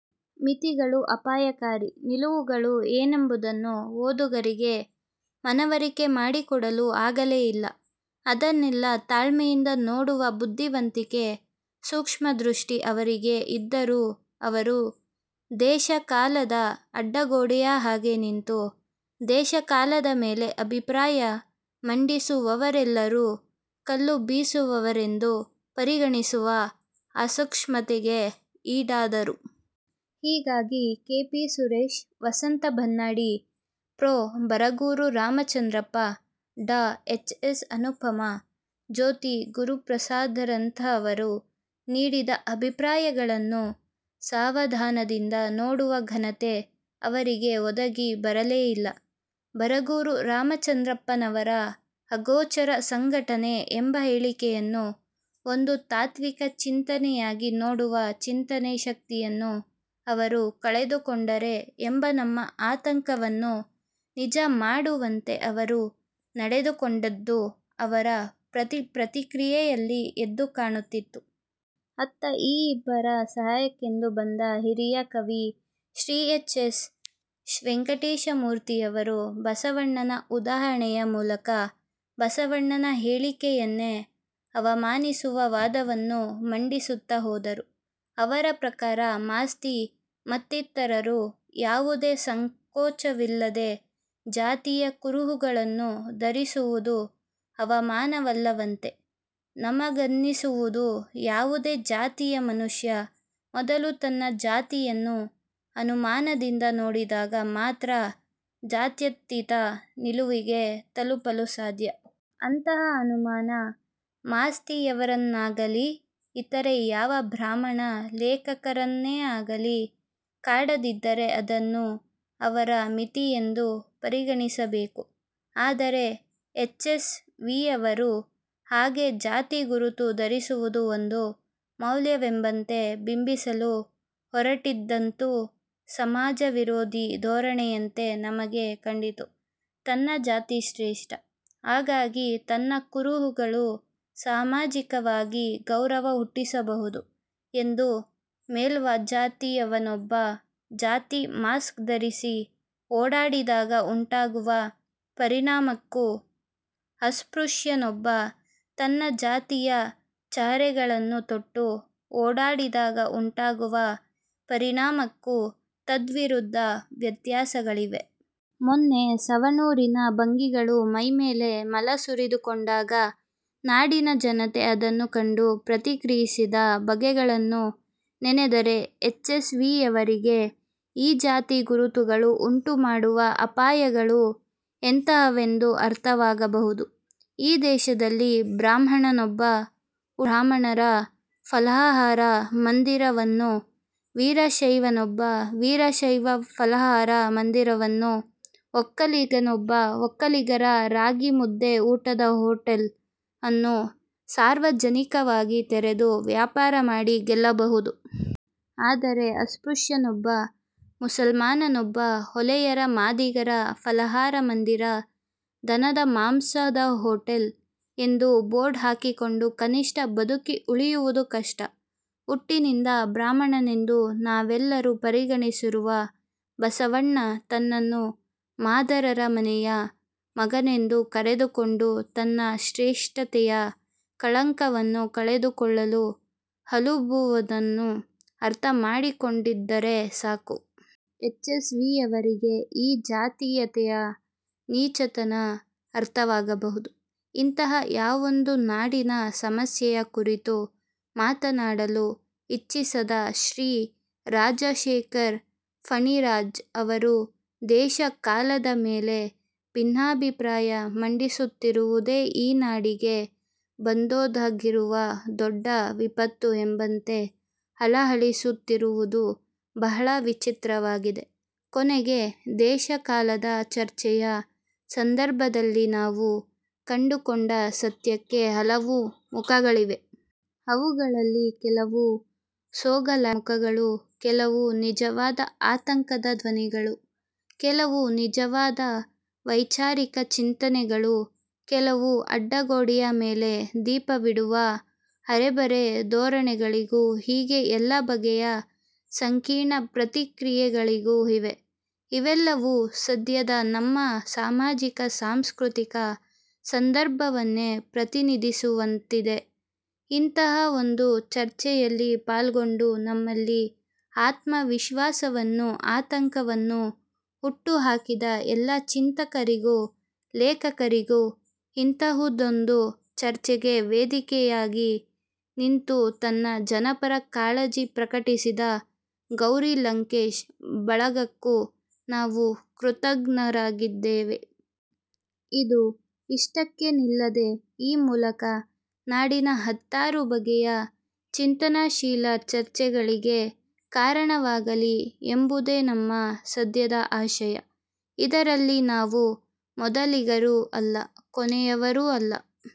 ಮಿತಿಗಳು, ಅಪಾಯಕಾರಿ ನಿಲುವುಗಳು ಏನೆಂಬುದನ್ನು ಓದುಗರಿಗೆ ಮನವರಿಕೆ ಮಾಡಿಕೊಡಲು ಆಗಲೇ ಇಲ್ಲ. ಅದನ್ನೆಲ್ಲ ತಾಳ್ಮೆಯಿಂದ ನೋಡುವ ಬುದ್ಧಿವಂತಿಕೆ, ಸೂಕ್ಷ್ಮ ದೃಷ್ಟಿ ಅವರಿಗೆ ಇದ್ದರೂ ಅವರು 'ದೇಶ ಕಾಲ'ದ ಅಡ್ಡಗೋಡೆಯ ಹಾಗೆ ನಿಂತು, ದೇಶ ಕಾಲದ ಮೇಲೆ ಅಭಿಪ್ರಾಯ ಮಂಡಿಸುವವರೆಲ್ಲರೂ ಕಲ್ಲು ಬೀಸುವವರೆಂದು ಪರಿಗಣಿಸುವ ಅಸೂಕ್ಷ್ಮತೆಗೆ ಈಡಾದರು. ಹೀಗಾಗಿ K. P. Suresha, Vasantha Bannadi, prof. Baraguru Ramachandrappa, ಡಾ. ಎಚ್. ಎಸ್. ಅನುಪಮಾ, ಜ್ಯೋತಿ ಗುರುಪ್ರಸಾದ್ರಂತಹವರು ನೀಡಿದ ಅಭಿಪ್ರಾಯಗಳನ್ನೂ ಸಾವಧಾನದಿಂದ ನೋಡುವ ಘನತೆ ಅವರಿಗೆ ಒದಗಿ ಬರಲೇ ಇಲ್ಲ. ಬರಗೂರು ರಾಮಚಂದ್ರಪ್ಪನವರ 'ಅಗೋಚರ ಸಂಘಟನೆ' ಎಂಬ ಹೇಳಿಕೆಯನ್ನು ಒಂದು ತಾತ್ವಿಕ ಚಿಂತನೆಯಾಗಿ ನೋಡುವ ಚಿಂತನ ಶಕ್ತಿಯನ್ನೂ ಅವರು ಕಳೆದುಕೊಂಡರೆ ಎಂಬ ನಮ್ಮ ಆತಂಕವನ್ನು ನಿಜ ಮಾಡುವಂತೆ ಅವರು ನಡೆದುಕೊಂಡದ್ದು ಅವರ ಪ್ರತಿ ಪ್ರತಿಕ್ರಿಯೆಯಲ್ಲಿ ಎದ್ದು ಕಾಣುತ್ತಿತ್ತು. ಅತ್ತ ಈ ಇಬ್ಬರ ಸಹಾಯಕ್ಕೆಂದು ಬಂದ ಹಿರಿಯ ಕವಿ ಶ್ರಿ ಎಚ್. ಎಸ್. ವೆಂಕಟೇಶಮೂರ್ತಿಯವರು ಬಸವಣ್ಣನ ಉದಾಹರಣೆಯ ಮೂಲಕ ಬಸವಣ್ಣನ ಹೇಳಿಕೆಯನ್ನೇ ಅವಮಾನಿಸುವ ವಾದವನ್ನು ಮಂಡಿಸುತ್ತಾ ಹೋದರು. ಅವರ ಪ್ರಕಾರ ಮಾಸ್ತಿ ಮತ್ತಿತರರು ಯಾವುದೇ ಸಂಕೋಚವಿಲ್ಲದೆ ಜಾತಿಯ ಕುರುಹುಗಳನ್ನು ಧರಿಸುವುದು ಅವಮಾನವಲ್ಲವಂತೆ. ನಮಗನ್ನಿಸುವುದು, ಯಾವುದೇ ಜಾತಿಯ ಮನುಷ್ಯ ಮೊದಲು ತನ್ನ ಜಾತಿಯನ್ನು ಅನುಮಾನದಿಂದ ನೋಡಿದಾಗ ಮಾತ್ರ ಜಾತ್ಯತೀತ ನಿಲುವಿಗೆ ತಲುಪಲು ಸಾಧ್ಯ. ಅಂತಹ ಅನುಮಾನ ಮಾಸ್ತಿಯವರನ್ನಾಗಲೀ, ಇತರೆ ಯಾವ ಬ್ರಾಹ್ಮಣ ಲೇಖಕರನ್ನೇ ಆಗಲಿ, ಕಾಡದಿದ್ದರೆ ಅದನ್ನು ಅವರ ಮಿತಿಯೆಂದು ಪರಿಗಣಿಸಬೇಕು. ಆದರೆ ಎಚ್. ಎಸ್. ವಿಯವರು ಹಾಗೆ ಜಾತಿ ಗುರುತು ಧರಿಸುವುದು ಒಂದು ಮೌಲ್ಯವೆಂಬಂತೆ ಬಿಂಬಿಸಲು ಹೊರಟಿದ್ದಂತೂ ಸಮಾಜವಿರೋಧಿ ಧೋರಣೆಯಂತೆ ನಮಗೆ ಕಂಡಿತು. 'ತನ್ನ ಜಾತಿ ಶ್ರೇಷ್ಠ, ಹಾಗಾಗಿ ನನ್ನ ಕುರುಹುಗಳು ಸಾಮಾಜಿಕವಾಗಿ ಗೌರವ ಹುಟ್ಟಿಸಬಹುದು' ಎಂದು ಮೇಲ್ಜಾತಿಯವನೊಬ್ಬ ಜಾತಿ 'ಮಾಸ್ಕ್' ಧರಿಸಿ ಓಡಾಡಿದಾಗ ಉಂಟಾಗುವ ಪರಿಣಾಮಕ್ಕೂ ಅಸ್ಪೃಶ್ಯನೊಬ್ಬ ತನ್ನ ಜಾತಿಯ ಚಹರೆಗಳನ್ನು ತೊಟ್ಟು ಓಡಾಡಿದಾಗ ಉಂಟಾಗುವ ಪರಿಣಾಮಕ್ಕೂ ತದ್ವಿರುದ್ಧ ವ್ಯತ್ಯಾಸಗಳಿವೆ. ಮೊನ್ನೆ ಸವಣೂರಿನ ಭಂಗಿಗಳು ಮೈಮೇಲೆ ಮಲ ಸುರಿದುಕೊಂಡಾಗ ನಾಡಿನ ಜನತೆ ಅದನ್ನು ಕಂಡು ಪ್ರತಿಕ್ರಿಯಿಸಿದ ಬಗೆಗಳನ್ನು ನೆನೆದರೆ ಎಚ್. ಎಸ್. ವಿಯವರಿಗೆ ಈ ಜಾತಿ ಗುರುತುಗಳು ಉಂಟು ಮಾಡುವ ಅಪಾಯಗಳು ಎಂತಹವೆಂದು ಅರ್ಥವಾಗಬಹುದು. ಈ ದೇಶದಲ್ಲಿ ಬ್ರಾಹ್ಮಣನೊಬ್ಬ 'ಉಡುಪಿ ಬ್ರಾಹ್ಮಣರ ಫಲಾಹಾರ ಮಂದಿರ'ವನ್ನೂ, ವೀರಶೈವನೊಬ್ಬ 'ವೀರಶೈವ ಫಲಾಹಾರ ಮಂದಿರ'ವನ್ನೂ, ಒಕ್ಕಲಿಗನೊಬ್ಬ 'ಒಕ್ಕಲಿಗರ ರಾಗಿ ಮುದ್ದೆ ಊಟದ ಹೋಟೆಲ್' ಅನ್ನೂ ಸಾರ್ವಜನಿಕವಾಗಿ ತೆರೆದು ವ್ಯಾಪಾರ ಮಾಡಿ ಗೆಲ್ಲಬಹುದು. ಆದರೆ ಅಸ್ಪೃಶ್ಯನೊಬ್ಬ, ಮುಸಲ್ಮಾನನೊಬ್ಬ 'ಹೊಲೆಯರ-ಮಾದಿಗರ ಫಲಾಹಾರ ಮಂದಿರ', 'ದನದ ಮಾಂಸದ ಹೋಟೆಲ್' ಎಂದು ಬೋರ್ಡು ಹಾಕಿಕೊಂಡು ಕನಿಷ್ಟ ಬದುಕಿ ಉಳಿಯುವುದೂ ಕಷ್ಟ. ಹುಟ್ಟಿನಿಂದ ಬ್ರಾಹ್ಮಣನೆಂದು ನಾವೆಲ್ಲರೂ ಪರಿಗಣಿಸಿರುವ ಬಸವಣ್ಣ ತನ್ನನ್ನು ಮಾದಾರರ ಮನೆಯ ಮಗನೆಂದು ಕರೆದುಕೊಂಡು ತನ್ನ 'ಶ್ರೇಷ್ಠತೆಯ ಕಳಂಕ'ವನ್ನು ಕಳೆದುಕೊಳ್ಳಲು ಹಲುಬುವುದನ್ನು ಅರ್ಥಮಾಡಿಕೊಂಡಿದ್ದರೆ ಸಾಕು; ಎಚ್. ಎಸ್. ವಿಯವರಿಗೆ ಈ ಜಾತೀಯತೆಯ ನೀಚತನ ಅರ್ಥವಾಗಬಹುದು. ಇಂತಹ ಯಾವೊಂದು ನಾಡಿನ ಸಮಸ್ಯೆಯ ಕುರಿತೂ ಮಾತನಾಡಲು ಇಚ್ಛಿಸದ ಶ್ರೀ ರಾಜಶೇಖರ್-ಫಣಿರಾಜ್ ಅವರು 'ದೇಶ ಕಾಲ'ದ ಮೇಲೆ ಭಿನ್ನಾಭಿಪ್ರಾಯ ಮಂಡಿಸುತ್ತಿರುವುದೇ ಈ ನಾಡಿಗೆ ಬಂದೊದಗಿರುವ ದೊಡ್ಡ ವಿಪತ್ತು ಎಂಬಂತೆ ಹಳಹಳಿಸುತ್ತಿರುವುದು ಬಹಳ ವಿಚಿತ್ರವಾಗಿದೆ. ಕೊನೆಗೆ 'ದೇಶ ಕಾಲ'ದ ಚರ್ಚೆಯ ಸಂದರ್ಭದಲ್ಲಿ ನಾವು ಕಂಡುಕೊಂಡ ಸತ್ಯಕ್ಕೆ ಹಲವು ಮುಖಗಳಿವೆ. ಅವುಗಳಲ್ಲಿ ಕೆಲವು ಸೋಗಲಾಡಿ ಮುಖಗಳೂ, ಕೆಲವು ನಿಜವಾದ ಆತಂಕದ ಧ್ವನಿಗಳೂ, ಕೆಲವು ನಿಜವಾದ ವೈಚಾರಿಕ ಚಿಂತನೆಗಳೂ, ಕೆಲವು ಅಡ್ಡಗೋಡೆಯ ಮೇಲೆ ದೀಪವಿಡುವ ಅರೆಬರೆ ಧೋರಣೆಗಳೂ ಹೀಗೆ ಎಲ್ಲ ಬಗೆಯ ಸಂಕೀರ್ಣ ಪ್ರತಿಕ್ರಿಯೆಗಳೂ ಇವೆ. ಇವೆಲ್ಲವೂ ಸದ್ಯದ ನಮ್ಮ ಸಾಮಾಜಿಕ ಸಾಂಸ್ಕೃತಿಕ ಸಂದರ್ಭವನ್ನೇ ಪ್ರತಿನಿಧಿಸುವಂತಿವೆ. ಇಂತಹ ಒಂದು ಚರ್ಚೆಯಲ್ಲಿ ಪಾಲ್ಗೊಂಡು ನಮ್ಮಲ್ಲಿ ಆತ್ಮವಿಶ್ವಾಸವನ್ನೂ ಆತಂಕವನ್ನೂ ಹುಟ್ಟು ಹಾಕಿದ ಎಲ್ಲಾ ಚಿಂತಕರಿಗೂ, ಲೇಖಕರಿಗೂ, ಇಂತಹುದೊಂದು ಚರ್ಚೆಗೆ ವೇದಿಕೆಯಾಗಿ ನಿಂತು ತನ್ನ ಜನಪರ ಕಾಳಜಿ ಪ್ರಕಟಿಸಿದ 'ಗೌರಿ ಲಂಕೇಶ್' ಬಳಗಕ್ಕೂ ನಾವು ಕೃತಜ್ಞರಾಗಿದ್ದೇವೆ. ಇದು ಇಷ್ಟಕ್ಕೇ ನಿಲ್ಲದೆ; ಈ ಮೂಲಕ ನಾಡಿನ ಹತ್ತಾರು ಬಗೆಯ ಚಿಂತನಶೀಲ ಚರ್ಚೆಗಳಿಗೆ ಕಾರಣವಾಗಲಿ ಎಂಬುದೇ ನಮ್ಮ ಸದ್ಯದ ಆಶಯ. ಇದರಲ್ಲಿ ನಾವು ಮೊದಲಿಗರೂ ಅಲ್ಲ, ಕೊನೆಯವರೂ ಅಲ್ಲ.